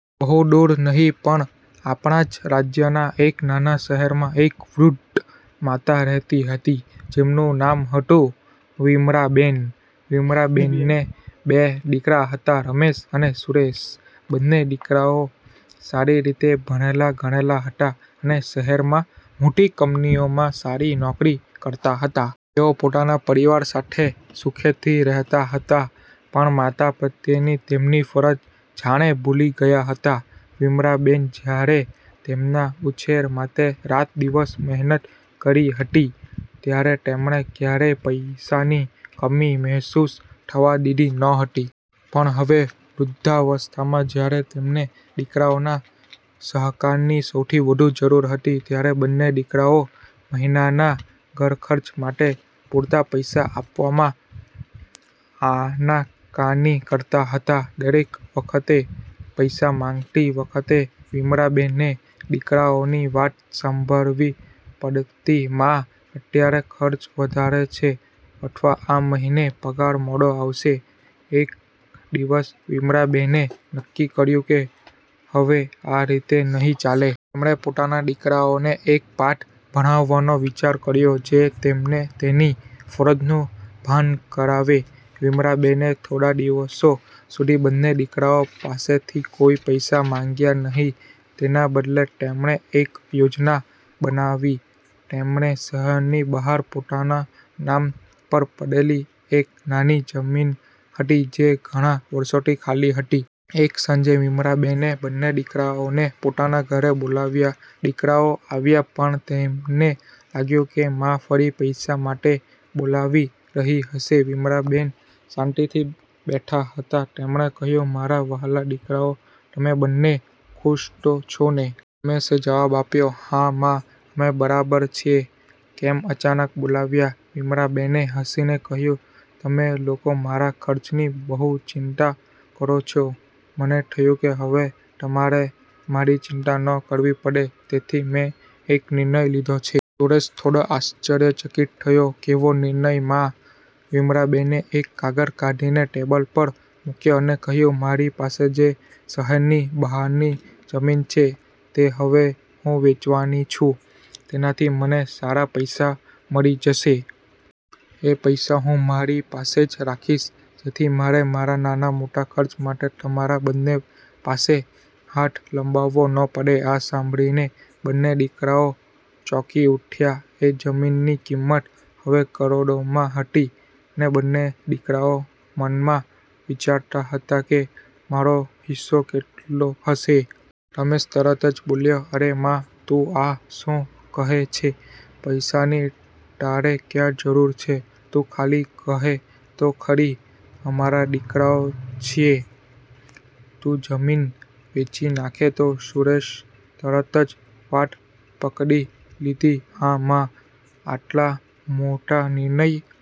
બહુ દૂર નહીં પણ આપણા જ રાજ્યના એક નાના શહેરમાં એક વૃદ્ધ માતા રહેતી હતી, જેમનું નામ હતું વિમળાબેન. વિમળાબેનને બે દીકરા હતા – રમેશ અને સુરેશ. બંને દીકરાઓ સારી રીતે ભણેલા-ગણેલા હતા અને શહેરમાં મોટી કંપનીઓમાં સારી નોકરી કરતા હતા. તેઓ પોતાના પરિવાર સાથે સુખેથી રહેતા હતા, પણ માતા પ્રત્યેની તેમની ફરજ જાણે ભૂલી ગયા હતા. વિમળાબેન જ્યારે તેમના ઉછેર માટે રાત-દિવસ મહેનત કરી હતી, ત્યારે તેમણે ક્યારેય પૈસાની કમી મહેસૂસ થવા દીધી નહોતી. પણ હવે, વૃદ્ધાવસ્થામાં જ્યારે તેમને દીકરાઓના સહકારની સૌથી વધુ જરૂર હતી, ત્યારે બંને દીકરાઓ મહિનાના ઘરખર્ચ માટે પૂરતા પૈસા આપવામાં આનાકાની કરતા હતા. દરેક વખતે પૈસા માંગતી વખતે વિમળાબેનને દીકરાઓની વાત સાંભળવી પડતી: મા, અત્યારે ખર્ચ વધારે છે, અથવા "આ મહિને પગાર મોડો આવશે" એક દિવસ વિમળાબેને નક્કી કર્યું કે હવે આ રીતે નહીં ચાલે. તેમણે પોતાના દીકરાઓને એક પાઠ ભણાવવાનો વિચાર કર્યો, જે તેમને તેમની ફરજનું ભાન કરાવે. વિમળાબેને થોડા દિવસો સુધી બંને દીકરાઓ પાસેથી કોઈ પૈસા માંગ્યા નહીં. તેના બદલે, તેમણે એક યોજના બનાવી. તેમણે શહેરની બહાર પોતાના નામ પર પડેલી એક નાની જમીન હતી, જે ઘણા વર્ષોથી ખાલી હતી. એક સાંજે વિમળાબેને બંને દીકરાઓને પોતાના ઘરે બોલાવ્યા. દીકરાઓ આવ્યા, પણ તેમને લાગ્યું કે મા ફરી પૈસા માટે બોલાવી રહી હશે. વિમળાબેન શાંતિથી બેઠા હતા. તેમણે કહ્યું, મારા વહાલા દીકરાઓ, તમે બંને ખુશ તો છો ને? રમેશે જવાબ આપ્યો, હા મા, અમે બરાબર છીએ. કેમ અચાનક બોલાવ્યા? વિમળાબેને હસીને કહ્યું, તમે લોકો મારા ખર્ચની બહુ ચિંતા કરો છો. મને થયું કે હવે તમારે મારી ચિંતા ન કરવી પડે, તેથી મેં એક નિર્ણય લીધો છે. સુરેશ થોડો આશ્ચર્યચકિત થયો, કેવો નિર્ણય, મા? વિમળાબેને એક કાગળ કાઢીને ટેબલ પર મૂક્યો અને કહ્યું, મારી પાસે જે શહેરની બહારની જમીન છે, તે હવે હું વેચવાની છું. તેનાથી મને સારા પૈસા મળી જશે. એ પૈસા હું મારી પાસે જ રાખીશ, જેથી મારે મારા નાના-મોટા ખર્ચા માટે તમારા બંને પાસે હાથ લંબાવવો ન પડે. આ સાંભળીને બંને દીકરાઓ ચોંકી ઉઠ્યા. એ જમીનની કિંમત હવે કરોડોમાં હતી, અને બંને દીકરાઓ મનમાં વિચારતા હતા કે મારો હિસ્સો કેટલો હશે. રમેશ તરત જ બોલ્યો, અરે મા! તું આ શું કહે છે? પૈસાની તારે ક્યાં જરૂર છે? તું ખાલી કહે તો ખરી! અમારા દીકરાઓ છીએ! તું જમીન વેચી નાખે તો! સુરેશે તરત જ વાત પકડી લીધી, હા મા, આટલા મોટા નિર્ણય